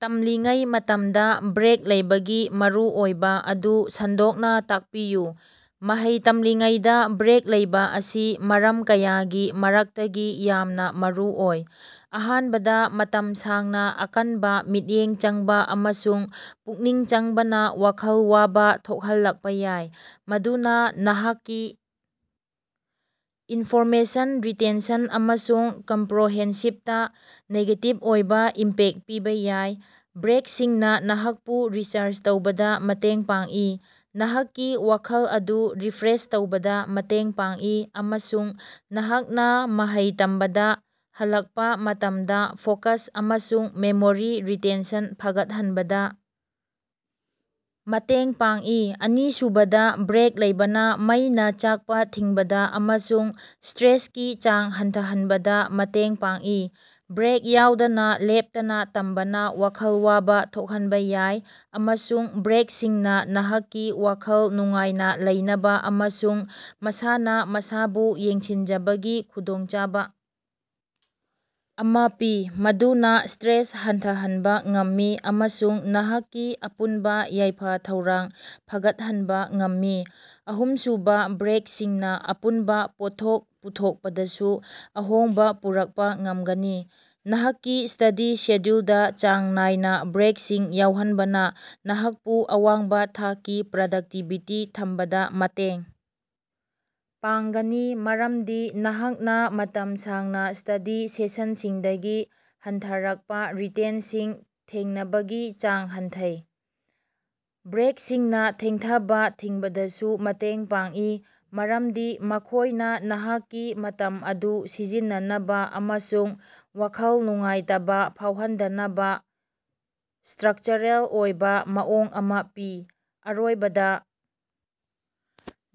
ꯇꯝꯂꯤꯉꯩ ꯃꯇꯝꯗ ꯕ꯭ꯔꯦꯛ ꯂꯧꯕꯒꯤ ꯃꯔꯨꯑꯣꯏꯕ ꯑꯗꯨ ꯁꯟꯗꯣꯛꯅ ꯇꯥꯛꯄꯤꯌꯨ꯫ ꯃꯍꯩ ꯇꯝꯂꯤꯉꯩꯗ ꯕ꯭ꯔꯦꯛ ꯂꯧꯕ ꯑꯁꯤ ꯃꯔꯝ ꯀꯌꯥꯒꯤ ꯃꯔꯛꯇꯒꯤ ꯌꯥꯝꯅ ꯃꯔꯨꯑꯣꯏ꯫ ꯑꯍꯥꯟꯕꯗ, ꯃꯇꯝ ꯁꯥꯡꯅ ꯑꯀꯟꯕ ꯃꯤꯠꯌꯦꯡ ꯆꯪꯕ ꯑꯃꯁꯨꯡ ꯄꯨꯛꯅꯤꯡ ꯆꯪꯕꯅ ꯋꯥꯈꯜ ꯋꯥꯕ ꯊꯣꯛꯍꯜꯂꯛꯄ ꯌꯥꯏ, ꯃꯗꯨꯅ ꯅꯍꯥꯛꯀꯤ ꯏꯟꯐꯣꯔꯃꯦꯁꯟ ꯔꯤꯇꯦꯟꯁꯟ ꯑꯃꯁꯨꯡ ꯀꯝꯄ꯭ꯔꯣꯍꯦꯟꯁꯤꯞꯇ ꯅꯦꯒꯦꯇꯤꯚ ꯑꯣꯏꯕ ꯏꯝꯄꯦꯛ ꯄꯤꯕ ꯌꯥꯏ꯫ ꯕ꯭ꯔꯦꯛꯁꯤꯡꯅ ꯅꯍꯥꯛꯄꯨ ꯔꯤꯆꯥꯔꯖ ꯇꯧꯕꯗ ꯃꯇꯦꯡ ꯄꯥꯡꯏ, ꯅꯍꯥꯛꯀꯤ ꯋꯥꯈꯜ ꯑꯗꯨ ꯔꯤꯐ꯭ꯔꯦꯁ ꯇꯧꯕꯗ ꯃꯇꯦꯡ ꯄꯥꯡꯏ ꯑꯃꯁꯨꯡ ꯅꯍꯥꯛꯅ ꯃꯍꯩ ꯇꯝꯕꯗ ꯍꯜꯂꯛꯄ ꯃꯇꯝꯗ ꯐꯣꯀꯁ ꯑꯃꯁꯨꯡ ꯃꯦꯃꯣꯔꯤ ꯔꯤꯇꯦꯟꯁꯟ ꯐꯒꯠꯍꯟꯕꯗ ꯃꯇꯦꯡ ꯄꯥꯡꯏ꯫ ꯑꯅꯤꯁꯨꯕꯗ, ꯕ꯭ꯔꯦꯛ ꯂꯧꯕꯅ ꯃꯩꯅ ꯆꯥꯛꯄ ꯊꯤꯡꯕꯗ ꯑꯃꯁꯨꯡ ꯁꯇ꯭ꯔꯦꯁꯀꯤ ꯆꯥꯡ ꯍꯟꯊꯍꯟꯕꯗ ꯃꯇꯦꯡ ꯄꯥꯡꯏ꯫ ꯕ꯭ꯔꯦꯛ ꯌꯥꯎꯗꯅ ꯂꯦꯞꯇꯅ ꯇꯝꯕꯅ ꯋꯥꯈꯜ ꯋꯥꯕ ꯊꯣꯛꯍꯟꯕ ꯌꯥꯏ ꯑꯃꯁꯨꯡ ꯕ꯭ꯔꯦꯛꯁꯤꯡꯅ ꯅꯍꯥꯛꯀꯤ ꯋꯥꯈꯜ ꯅꯨꯡꯉꯥꯏꯅ ꯂꯩꯅꯕ ꯑꯃꯁꯨꯡ ꯃꯁꯥꯅ ꯃꯁꯥꯕꯨ ꯌꯦꯡꯁꯤꯟꯖꯕꯒꯤ ꯈꯨꯗꯣꯡꯆꯥꯕ ꯑꯃ ꯄꯤ, ꯃꯗꯨꯅ ꯁꯇ꯭ꯔꯦꯁ ꯍꯟꯊꯍꯟꯕ ꯉꯝꯃꯤ ꯑꯃꯁꯨꯡ ꯅꯍꯥꯛꯀꯤ ꯑꯄꯨꯟꯕ ꯌꯥꯏꯐ-ꯊꯧꯔꯥꯡ ꯐꯒꯠꯍꯟꯕ ꯉꯝꯃꯤ꯫ ꯑꯍꯨꯝꯁꯨꯕ, ꯕ꯭ꯔꯦꯛꯁꯤꯡꯅ ꯑꯄꯨꯟꯕ ꯄꯣꯠꯊꯣꯛ ꯄꯨꯊꯣꯛꯄꯗꯁꯨ ꯑꯍꯣꯡꯕ ꯄꯨꯔꯛꯄ ꯉꯝꯒꯅꯤ꯫ ꯅꯍꯥꯛꯀꯤ ꯁ꯭ꯇꯗꯤ ꯁꯦꯗ꯭ꯌꯨꯜꯗ ꯆꯥꯡ ꯅꯥꯏꯅ ꯕ꯭ꯔꯦꯛꯁꯤꯡ ꯌꯥꯎꯍꯟꯕꯅ ꯅꯍꯥꯛꯄꯨ ꯑꯋꯥꯡꯕ ꯊꯥꯛꯀꯤ ꯄ꯭ꯔꯗꯛꯇꯤꯕꯤꯇꯤ ꯊꯝꯕꯗ ꯃꯇꯦꯡ ꯄꯥꯡꯒꯅꯤ, ꯃꯔꯝꯗꯤ ꯅꯍꯥꯛꯅ ꯃꯇꯝ ꯁꯥꯡꯅ ꯁ꯭ꯇꯗꯤ ꯁꯦꯁꯟꯁꯤꯡꯗꯒꯤ ꯍꯟꯊꯔꯛꯄ ꯔꯤꯇꯦꯟꯁꯤꯡ ꯊꯦꯡꯅꯕꯒꯤ ꯆꯥꯡ ꯍꯟꯊꯩ꯫ ꯕ꯭ꯔꯦꯛꯁꯤꯡꯅ ꯊꯦꯡꯊꯕ ꯊꯤꯡꯕꯗꯁꯨ ꯃꯇꯦꯡ ꯄꯥꯡꯏ, ꯃꯔꯝꯗꯤ ꯃꯈꯣꯏꯅ ꯅꯍꯥꯛꯀꯤ ꯃꯇꯝ ꯑꯗꯨ ꯁꯤꯖꯤꯟꯅꯅꯕ ꯑꯃꯁꯨꯡ ꯋꯥꯈꯜ ꯅꯨꯡꯉꯥꯏꯇꯕ ꯐꯥꯎꯍꯟꯗꯅꯕ ꯁꯇ꯭ꯔꯛꯆꯔꯦꯜ ꯑꯣꯏꯕ ꯃꯑꯣꯡ ꯑꯃ ꯄꯤ꯫ ꯑꯔꯣꯏꯕꯗ,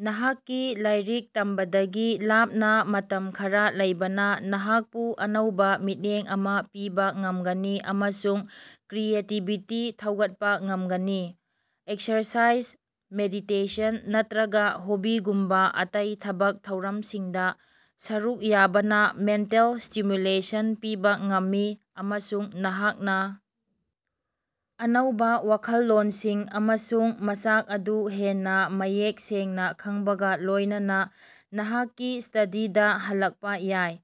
ꯅꯍꯥꯛꯀꯤ ꯂꯥꯏꯔꯤꯛ ꯇꯝꯕꯗꯒꯤ ꯂꯥꯞꯅ ꯃꯇꯝ ꯈꯔ ꯂꯩꯕꯅ ꯅꯍꯥꯛꯄꯨ ꯑꯅꯧꯕ ꯃꯤꯠꯌꯦꯡ ꯑꯃ ꯄꯤꯕ ꯉꯝꯒꯅꯤ ꯑꯃꯁꯨꯡ ꯀ꯭ꯔꯤꯌꯦꯇꯤꯕꯤꯇꯤ ꯊꯧꯒꯠꯄ ꯉꯝꯒꯅꯤ꯫ ꯑꯦꯛꯁꯔꯁꯥꯏꯖ, ꯃꯦꯗꯤꯇꯦꯁꯟ ꯅꯠꯇ꯭ꯔꯒ ꯍꯣꯕꯤꯒꯨꯝꯕ ꯑꯇꯩ ꯊꯕꯛ ꯊꯧꯔꯝ ꯁꯤꯡꯗ ꯁꯔꯨꯛ ꯌꯥꯕꯅ ꯃꯦꯟꯇꯦꯜ ꯁ꯭ꯇꯤꯃ꯭ꯌꯨꯂꯦꯁꯟ ꯄꯤꯕ ꯉꯝꯃꯤ ꯑꯃꯁꯨꯡ ꯅꯍꯥꯛꯅ ꯑꯅꯧꯕ ꯋꯥꯈꯜꯂꯣꯟꯁꯤꯡ ꯑꯃꯁꯨꯡ ꯃꯆꯥꯛ ꯑꯗꯨ ꯍꯦꯟꯅ ꯃꯌꯦꯛ ꯁꯦꯡꯅ ꯈꯪꯕꯒ ꯂꯣꯏꯅꯅ ꯅꯍꯥꯛꯀꯤ ꯁ꯭ꯇꯗꯤꯗ ꯍꯜꯂꯛꯄ ꯌꯥꯏ꯫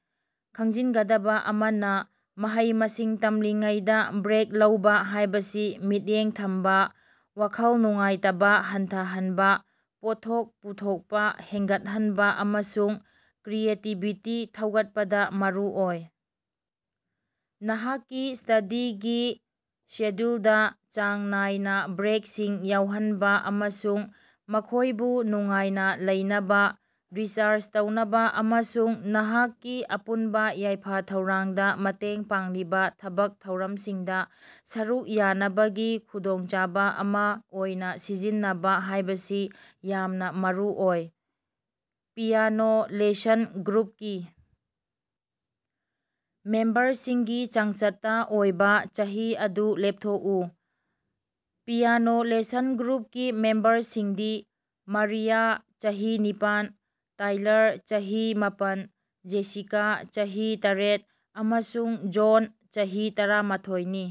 ꯈꯪꯖꯤꯟꯒꯗꯕ ꯑꯃꯅ, ꯃꯍꯩ-ꯃꯁꯤꯡ ꯇꯝꯂꯤꯉꯩꯗꯥ ꯕ꯭ꯔꯦꯛ ꯂꯧꯕ ꯍꯥꯏꯕꯁꯤ ꯃꯤꯠꯌꯦꯡ ꯊꯝꯕ, ꯋꯥꯈꯜ ꯅꯨꯡꯉꯥꯏꯇꯕ ꯍꯟꯊꯍꯟꯕ, ꯄꯣꯠꯊꯣꯛ ꯄꯨꯊꯣꯛꯄ ꯍꯦꯟꯒꯠꯍꯟꯕ ꯑꯃꯁꯨꯡ ꯀ꯭ꯔꯤꯌꯦꯇꯤꯕꯤꯇꯤ ꯊꯧꯒꯠꯄꯗ ꯃꯔꯨꯑꯣꯏ꯫ ꯅꯍꯥꯛꯀꯤ ꯁ꯭ꯇꯗꯤꯒꯤ ꯁꯦꯗ꯭ꯌꯨꯜꯗ ꯆꯥꯡ ꯅꯥꯏꯅ ꯕ꯭ꯔꯦꯛꯁꯤꯡ ꯌꯥꯎꯍꯟꯕ ꯑꯃꯁꯨꯡ ꯃꯈꯣꯏꯕꯨ ꯅꯨꯡꯉꯥꯏꯅ ꯂꯩꯅꯕ, ꯔꯤꯆꯥꯔꯖ ꯇꯧꯅꯕ ꯑꯃꯁꯨꯡ ꯅꯍꯥꯛꯀꯤ ꯑꯄꯨꯟꯕ ꯌꯥꯏꯐ-ꯊꯧꯔꯥꯡꯗ ꯃꯇꯦꯡ ꯄꯥꯡꯂꯤꯕ ꯊꯕꯛ ꯊꯧꯔꯝꯁꯤꯡꯗ ꯁꯔꯨꯛ ꯌꯥꯅꯕꯒꯤ ꯈꯨꯗꯣꯡꯆꯥꯕ ꯑꯃ ꯑꯣꯏꯅ ꯁꯤꯖꯤꯟꯅꯕ ꯍꯥꯏꯕꯁꯤ ꯌꯥꯝꯅ ꯃꯔꯨꯑꯣꯏ꯫ "ꯄꯤꯌꯥꯅꯣ ꯂꯦꯁꯟ ꯒ꯭ꯔꯨꯞ"ꯀꯤ ꯃꯦꯝꯕꯔꯁꯤꯡꯒꯤ ꯆꯥꯡꯆꯠꯇ ꯑꯣꯏꯕ ꯆꯍꯤ ꯑꯗꯨ ꯂꯦꯞꯊꯣꯛꯎ꯫ "ꯄꯤꯌꯥꯅꯣ ꯂꯦꯁꯟ ꯒ꯭ꯔꯨꯞ"ꯀꯤ ꯃꯦꯝꯕꯔꯁꯤꯡꯗꯤ ꯃꯥꯔꯤꯌꯥ (ꯆꯍꯤ ꯅꯤꯄꯥꯟ), ꯇꯥꯏꯂꯔ (ꯆꯍꯤ ꯃꯥꯄꯟ), ꯖꯦꯁꯤꯀꯥ (ꯆꯍꯤ ꯇꯔꯦꯠ) ꯑꯃꯁꯨꯡ ꯖꯣꯟ (ꯆꯍꯤ ꯇꯔꯥꯃꯥꯊꫭꯏ)ꯅꯤ꯫